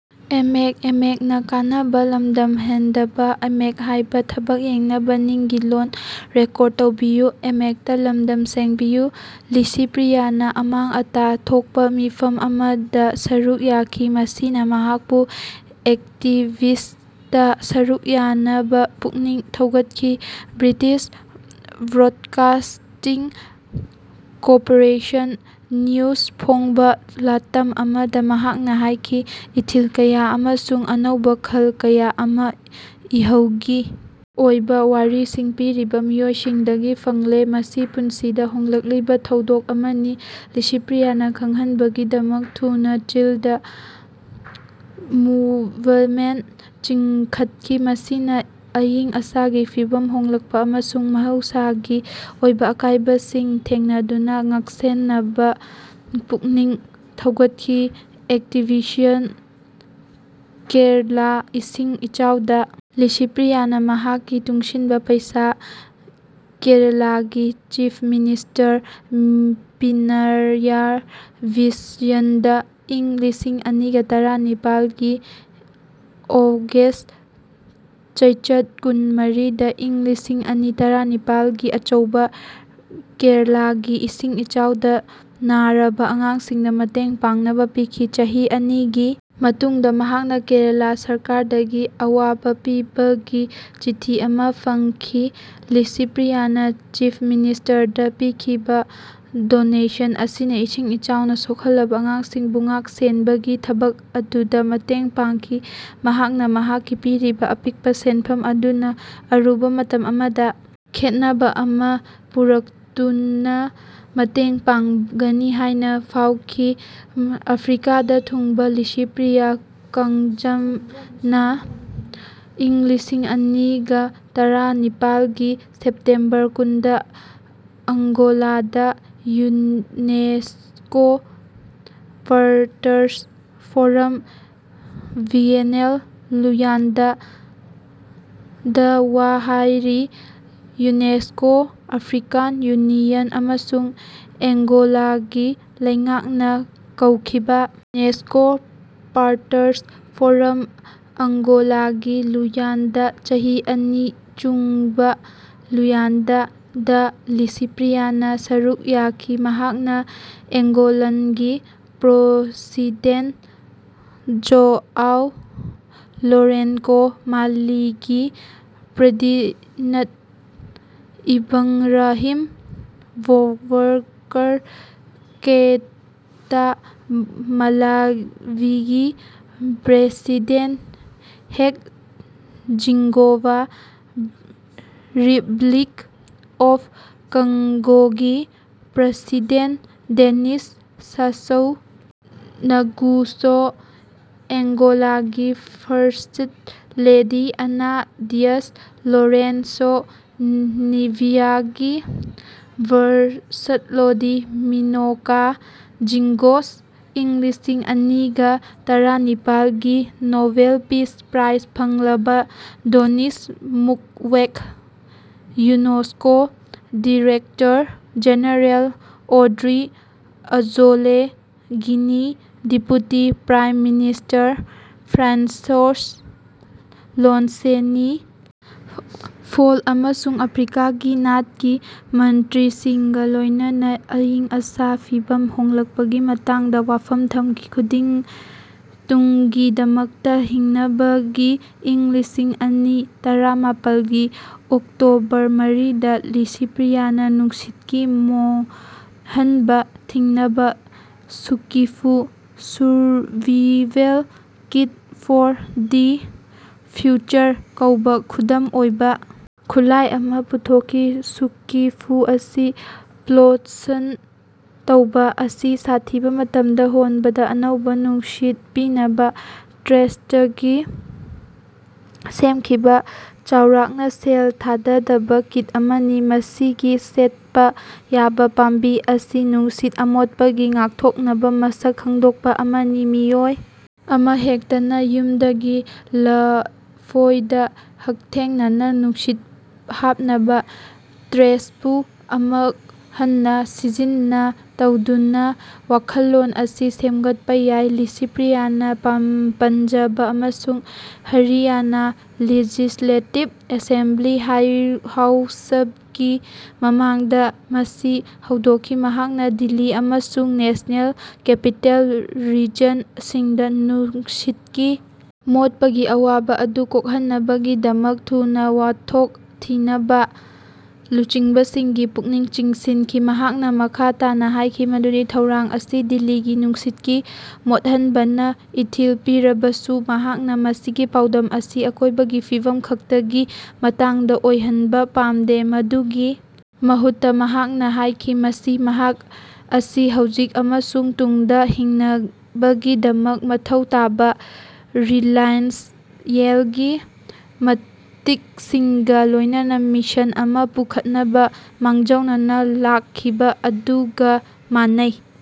ꯂꯤꯁꯤꯄ꯭ꯔꯤꯌꯥꯅ ꯑꯃꯥꯡ ꯑꯇꯥ ꯊꯣꯛꯄ ꯃꯤꯐꯝ ꯑꯃꯗ ꯁꯔꯨꯛ ꯌꯥꯈꯤ꯫ ꯃꯁꯤꯅ ꯃꯍꯥꯛꯄꯨ ꯑꯦꯛꯇꯤꯕ꯭ꯁ꯭ꯇꯇ ꯁꯔꯨꯛ ꯌꯥꯅꯕ ꯄꯨꯛꯅꯤꯡ ꯊꯧꯒꯠꯈꯤ꯫ ꯕ꯭ꯔꯤꯇꯤꯁ ꯕ꯭ꯔꯣꯗꯀꯥꯁꯇꯤꯡ ꯀꯣꯄꯣꯔꯦꯁꯟ ꯅ꯭ꯌꯨꯖ ꯐꯣꯡꯕ ꯂꯥꯇꯝ ꯑꯃꯗ ꯃꯍꯥꯛꯅ ꯍꯥꯏꯈꯤ, "ꯏꯊꯤꯜ ꯀꯌꯥ ꯑꯃ ꯑꯃꯁꯨꯡ ꯑꯅꯧꯕ ꯈꯜ ꯀꯌꯥ ꯑꯃ ꯏꯍꯧꯒꯤ ꯑꯣꯏꯕ ꯋꯥꯔꯤꯁꯤꯡ ꯄꯤꯔꯤꯕ ꯃꯤꯑꯣꯏꯁꯤꯡꯗꯒꯤ ꯐꯪꯂꯦ꯫ ꯃꯁꯤ ꯄꯨꯟꯁꯤꯗ ꯍꯣꯡꯂꯛꯂꯤꯕ ꯊꯧꯗꯣꯛ ꯑꯃꯅꯤ꯫" ꯂꯤꯁꯤꯄ꯭ꯔꯤꯌꯥꯅ ꯈꯪꯍꯟꯕꯒꯤꯗꯃꯛ ꯊꯨꯅ "ꯆꯤꯜꯗ ꯃꯨꯚꯃꯦꯟꯠ" ꯂꯤꯡꯈꯠꯈꯤ, ꯃꯁꯤꯅ ꯑꯏꯪ ꯑꯁꯥꯒꯤ ꯐꯤꯚꯝ ꯍꯣꯡꯂꯛꯄ ꯑꯃꯁꯨꯡ ꯃꯍꯧꯁꯥꯒꯤ ꯑꯣꯏꯕ ꯑꯀꯥꯏꯕꯁꯤꯡ ꯊꯦꯡꯅꯗꯨꯅ ꯉꯥꯛꯁꯦꯟꯅꯕ ꯄꯨꯛꯅꯤꯡ ꯊꯧꯒꯠꯈꯤ꯫ ꯑꯦꯛꯇꯤꯚꯥꯏꯖꯝ ꯀꯦꯔꯂꯥ ꯏꯁꯤꯡ ꯏꯆꯥꯎꯗ ꯂꯤꯁꯤꯄ꯭ꯔꯤꯌꯥꯅ ꯃꯍꯥꯛꯀꯤ ꯇꯨꯡꯁꯤꯟꯕ ꯄꯩꯁꯥ ꯀꯦꯔꯂꯥꯒꯤ ꯆꯤꯐ ꯃꯤꯅꯤꯁꯇꯔ ꯄꯤꯅꯔꯌꯥꯏ ꯕꯤꯖꯌꯟꯗ ꯏꯪ ꯂꯤꯁꯤꯡ ꯑꯅꯤꯒ ꯇꯔꯥ ꯅꯤꯄꯥꯜ ꯒꯤ ꯑꯣꯒꯁ꯭ꯠ ꯆꯩꯆꯠ ꯀꯨꯟꯃꯔꯤꯗ ꯏꯪ ꯂꯤꯁꯤꯡ ꯑꯅꯤ ꯇꯔꯥꯅꯤꯄꯥꯜꯒꯤ ꯑꯆꯧꯕ ꯀꯦꯔꯂꯥꯒꯤ ꯏꯁꯤꯡ ꯏꯆꯥꯎꯗ ꯅꯥꯔꯕ ꯑꯉꯥꯡꯁꯤꯡꯗ ꯃꯇꯦꯡ ꯄꯥꯡꯅꯕ ꯄꯤꯈꯤ꯫ ꯆꯍꯤ ꯑꯅꯤꯒꯤ ꯃꯇꯨꯡꯗ ꯃꯍꯥꯛꯅ ꯀꯦꯔꯂꯥ ꯁꯔꯀꯥꯔꯗꯒꯤ ꯑꯌꯥꯕ ꯄꯤꯕꯒꯤ ꯆꯤꯊꯤ ꯑꯃꯥ ꯐꯪꯈꯤ꯫ ꯂꯤꯁꯤꯄ꯭ꯔꯤꯌꯥꯅ ꯆꯤꯐ ꯃꯤꯅꯤꯁꯇꯔꯗ ꯄꯤꯈꯤꯕ ꯗꯣꯅꯦꯁꯟ ꯑꯁꯤꯅ ꯏꯁꯤꯡ ꯏꯆꯥꯎꯅ ꯁꯣꯛꯍꯜꯂꯕ ꯑꯉꯥꯡꯁꯤꯡꯕꯨ ꯉꯥꯛ-ꯁꯦꯟꯕꯒꯤ ꯊꯕꯛ ꯑꯗꯨꯗ ꯃꯇꯦꯡ ꯄꯥꯡꯈꯤ꯫ ꯃꯍꯥꯛꯅ ꯃꯍꯥꯛꯀꯤ ꯄꯤꯔꯤꯕ ꯑꯄꯤꯛꯄ ꯁꯦꯟꯐꯝ ꯑꯗꯨꯅ ꯑꯔꯨꯕ ꯃꯇꯝ ꯑꯃꯗ ꯈꯦꯠꯅꯕ ꯑꯃ ꯄꯨꯔꯛꯄꯗ ꯃꯇꯦꯡ ꯄꯥꯡꯒꯅꯤ ꯍꯥꯏꯅ ꯐꯥꯎꯈꯤ꯫ ꯑꯐ꯭ꯔꯤꯀꯥꯗ ꯊꯨꯡꯕ ꯂꯤꯁꯤꯄ꯭ꯔꯤꯌꯥ ꯀꯡꯒꯨꯖꯝꯅ ꯏꯪ ꯂꯤꯁꯤꯡ ꯑꯅꯤꯒ ꯇꫪꯥꯅꯤꯄꯥꯜꯒꯤ ꯁꯦꯞꯇꯦꯝꯕꯔ ꯀꯨꯟꯗ ꯑꯡꯒꯣꯂꯥꯗ UNESCO partners forum (biennial Luanda) ꯗ ꯋꯥ ꯍꯥꯏꯔꯤ꯫ ꯌꯨꯅꯦꯁꯀꯣ, ꯑꯐ꯭ꯔꯤꯀꯥꯟ ꯌꯨꯅꯤꯌꯟ ꯑꯃꯁꯨꯡ ꯑꯦꯡꯒꯣꯂꯥꯒꯤ ꯂꯩꯉꯥꯛꯅ ꯀꯧꯈꯤꯕ ꯌꯨꯅꯦꯁꯀꯣ ꯄꯥꯔꯇꯔꯁ ꯐꯣꯔꯝ (ꯑꯡꯒꯣꯂꯥꯒꯤ ꯂꯨꯌꯥꯟꯗꯥ ꯆꯍꯤ ꯑꯅꯤ ꯆꯨꯡꯕ ꯂꯨꯌꯥꯟꯗꯥ) ꯗ ꯂꯤꯁꯤꯄ꯭ꯔꯤꯌꯥꯅ ꯁꯔꯨꯛ ꯌꯥꯈꯤ꯫ ꯃꯍꯥꯛꯅ ꯑꯦꯡꯒꯣꯂꯟꯒꯤ ꯄ꯭ꯔꯁꯤꯗꯦꯟ꯭ꯇ ꯖꯣꯑꯥꯎ ꯂꯣꯔꯦꯟꯀꯣ, ꯃꯥꯂꯤꯒꯤ ꯄ꯭ꯔꯗꯤꯅ꯭ꯇ ꯏꯕꯡꯔꯥꯍꯤꯝ ꯕꯣꯕꯀꯔ ꯀꯦꯏꯇꯥ, ꯃꯥꯂꯥꯚꯤꯒꯤ president Hage Geingob, republic of ꯀꯪꯒꯣꯒꯤ ꯄ꯭ꯔꯥꯁꯤꯗꯦꯟ ꯗꯦꯅꯤꯁ ꯁꯥꯁꯎ ꯅꯒ꯭ꯌꯨꯁꯣ, ꯑꯦꯡꯒꯣꯂꯥꯒꯤ first lady Ana Dias Lourenco, ꯅꯦꯃꯤꯕ꯭ꯌꯥꯒꯤ ꯐꯔꯁꯠꯂꯦꯗꯤ ꯃꯣꯅꯤꯀꯥ ꯖꯤꯡꯒꯣꯁ, ꯏꯪ ꯂꯤꯁꯤꯡ ꯑꯅꯤꯒ ꯇꫪꯥꯅꯤꯄꯥꯜ ꯒꯤ ꯅꯣꯕꯦꯜ ꯄꯤꯁ ꯄ꯭ꯔꯥꯏꯖ ꯐꯪꯂꯕ ꯗꯦꯅꯤꯁ ꯃꯨꯛꯋꯦꯒ, UNESCO director general Audrey Azoulay, Guinea deputy prime minister François Lonseny Fall ꯑꯃꯁꯨꯡ ꯑꯐ꯭ꯔꯤꯀꯥꯒꯤ ꯅꯥꯠꯀꯤ ꯃꯟꯇ꯭ꯔꯤꯁꯤꯡꯒ ꯂꯣꯏꯅꯅ ꯑꯏꯪ-ꯑꯁꯥꯒꯤ ꯐꯤꯚꯝ ꯍꯣꯡꯂꯛꯄꯒꯤ ꯃꯇꯥꯡꯗ ꯋꯥꯐꯝ ꯊꯝꯈꯤ ꯇꯨꯡꯒꯤꯗꯃꯛꯇ ꯍꯤꯡꯅꯕꯒꯤ ꯏꯪ ꯂꯤꯁꯤꯡ ꯑꯅꯤ ꯇꯔꯥꯃꯥꯄꯜꯒꯤ ꯑꯣꯛꯇꯣꯕꯔ ꯃꯔꯤꯗ, ꯂꯤꯁꯤꯄ꯭ꯔꯤꯌꯥꯅ ꯅꯨꯡꯁꯤꯠꯀꯤ ꯃꯣꯠꯍꯟꯕ ꯊꯤꯡꯅꯕ ꯁꯨꯀꯤꯐꯨ (survival kit for the future) ꯀꯧꯕ ꯈꯨꯗꯝ ꯑꯣꯏꯕ ꯈꯨꯠꯂꯥꯏ ꯑꯃꯥ ꯄꯨꯊꯣꯛꯈꯤ꯫ ꯁꯨꯀꯤꯐꯨ ꯑꯁꯤ ꯄ꯭ꯂꯣꯁꯟ ꯇꯧꯕ ꯑꯁꯤ ꯁꯥꯊꯤꯕ ꯃꯇꯝꯗ ꯍꯣꯟꯕꯗ ꯑꯅꯧꯕ ꯅꯨꯡꯁꯤꯠ ꯄꯤꯅꯕ ꯇ꯭ꯔꯦꯁꯇꯒꯤ ꯁꯦꯝꯈꯤꯕ ꯆꯥꯎꯔꯥꯛꯅ ꯁꯦꯜ ꯊꯥꯗꯗꯕ ꯀꯤꯠ ꯑꯃꯅꯤ꯫ ꯃꯁꯤꯒꯤ ꯁꯦꯠꯄ ꯌꯥꯕ ꯄꯥꯝꯕꯤ ꯑꯁꯤ ꯅꯨꯡꯁꯤꯠ ꯑꯃꯣꯠꯄꯒꯤ ꯉꯥꯛꯊꯣꯛꯅꯕ ꯃꯁꯛ ꯈꯪꯗꯣꯛꯄ ꯑꯃꯅꯤ꯫ ꯃꯤꯑꯣꯏ ꯑꯃꯍꯦꯛꯇꯅ ꯌꯨꯝꯗꯒꯤ ꯂꯐꯣꯏꯗ ꯍꯛꯊꯦꯡꯅꯅ ꯅꯨꯡꯁꯤꯠ ꯍꯥꯞꯅꯕ ꯇ꯭ꯔꯦꯁꯕꯨ ꯑꯃꯨꯛ ꯍꯟꯅ ꯁꯤꯖꯤꯟꯅ ꯇꯧꯗꯨꯅ ꯋꯥꯈꯜꯂꯣꯟ ꯑꯁꯤ ꯁꯦꯝꯒꯠꯄ ꯌꯥꯏ꯫ ꯂꯤꯁꯤꯄ꯭ꯔꯤꯌꯥꯅ ꯄꯟꯖꯥꯕ ꯑꯃꯁꯨꯡ ꯍꯔꯤꯌꯥꯅꯥ ꯂꯦꯖꯤꯁ꯭ꯂꯦꯇꯤꯕ ꯑꯦꯁꯦꯝꯕ꯭ꯂꯤ ꯍꯥꯎꯁꯀꯤ ꯃꯃꯥꯡꯗ ꯃꯁꯤ ꯍꯧꯗꯣꯛꯈꯤ꯫ ꯃꯍꯥꯛꯅ ꯗꯤꯜꯂꯤ ꯑꯃꯁꯨꯡ ꯅꯦꯁꯅꯦꯜ ꯀꯦꯄꯤꯇꯦꯜ ꯔꯤꯖꯟ ꯁꯤꯡꯗ ꯅꯨꯡꯁꯤꯠꯀꯤ ꯃꯣꯠꯄꯒꯤ ꯑꯋꯥꯕ ꯑꯗꯨ ꯀꯣꯛꯍꯟꯅꯕꯒꯤꯗꯃꯛ ꯊꯨꯅ ꯋꯥꯊꯣꯛ ꯊꯤꯅꯕ ꯂꯨꯆꯤꯡꯕꯁꯤꯡꯒꯤ ꯄꯨꯛꯅꯤꯡ ꯆꯤꯡꯁꯤꯟꯈꯤ꯫ ꯃꯍꯥꯛꯅ ꯃꯈꯥ ꯇꯥꯅ ꯍꯥꯏꯈꯤ ꯃꯗꯨꯗꯤ ꯊꯩꯔꯥꯡ ꯑꯁꯤ ꯗꯤꯜꯂꯤꯒꯤ ꯅꯨꯡꯁꯤꯠꯀꯤ ꯃꯣꯠꯍꯟꯕꯅ ꯏꯊꯤꯜ ꯄꯤꯔꯕꯁꯨ, ꯃꯍꯥꯛꯅ ꯃꯁꯤꯒꯤ ꯄꯥꯎꯗꯝ ꯑꯁꯤ ꯑꯀꯣꯏꯕꯒꯤ ꯐꯤꯚꯝ ꯈꯛꯇꯒꯤ ꯃꯇꯥꯡꯗ ꯑꯣꯏꯍꯟꯕ ꯄꯥꯝꯗꯦ꯫ ꯃꯗꯨꯒꯤ ꯃꯍꯨꯠꯇ ꯃꯍꯥꯛꯅ ꯍꯥꯏꯈꯤ ꯃꯁꯤ ꯃꯍꯥꯛ ꯑꯁꯤ ꯍꯧꯖꯤꯛ ꯑꯃꯁꯨꯡ ꯇꯨꯡꯗ ꯍꯤꯡꯅꯕꯒꯤꯗꯃꯛ ꯃꯊꯧ ꯇꯥꯕ ꯔꯤꯂꯥꯏꯟꯁ꯭ꯌꯦꯜꯒꯤ ꯃꯇꯤꯛꯁꯤꯡꯒ ꯂꯣꯏꯅꯅ ꯃꯤꯁꯟ ꯑꯃ ꯄꯨꯈꯠꯅꯕ ꯃꯥꯡꯖꯧꯅꯅ ꯂꯥꯛꯈꯤꯕ ꯑꯗꯨꯒ ꯃꯥꯟꯅꯩ꯫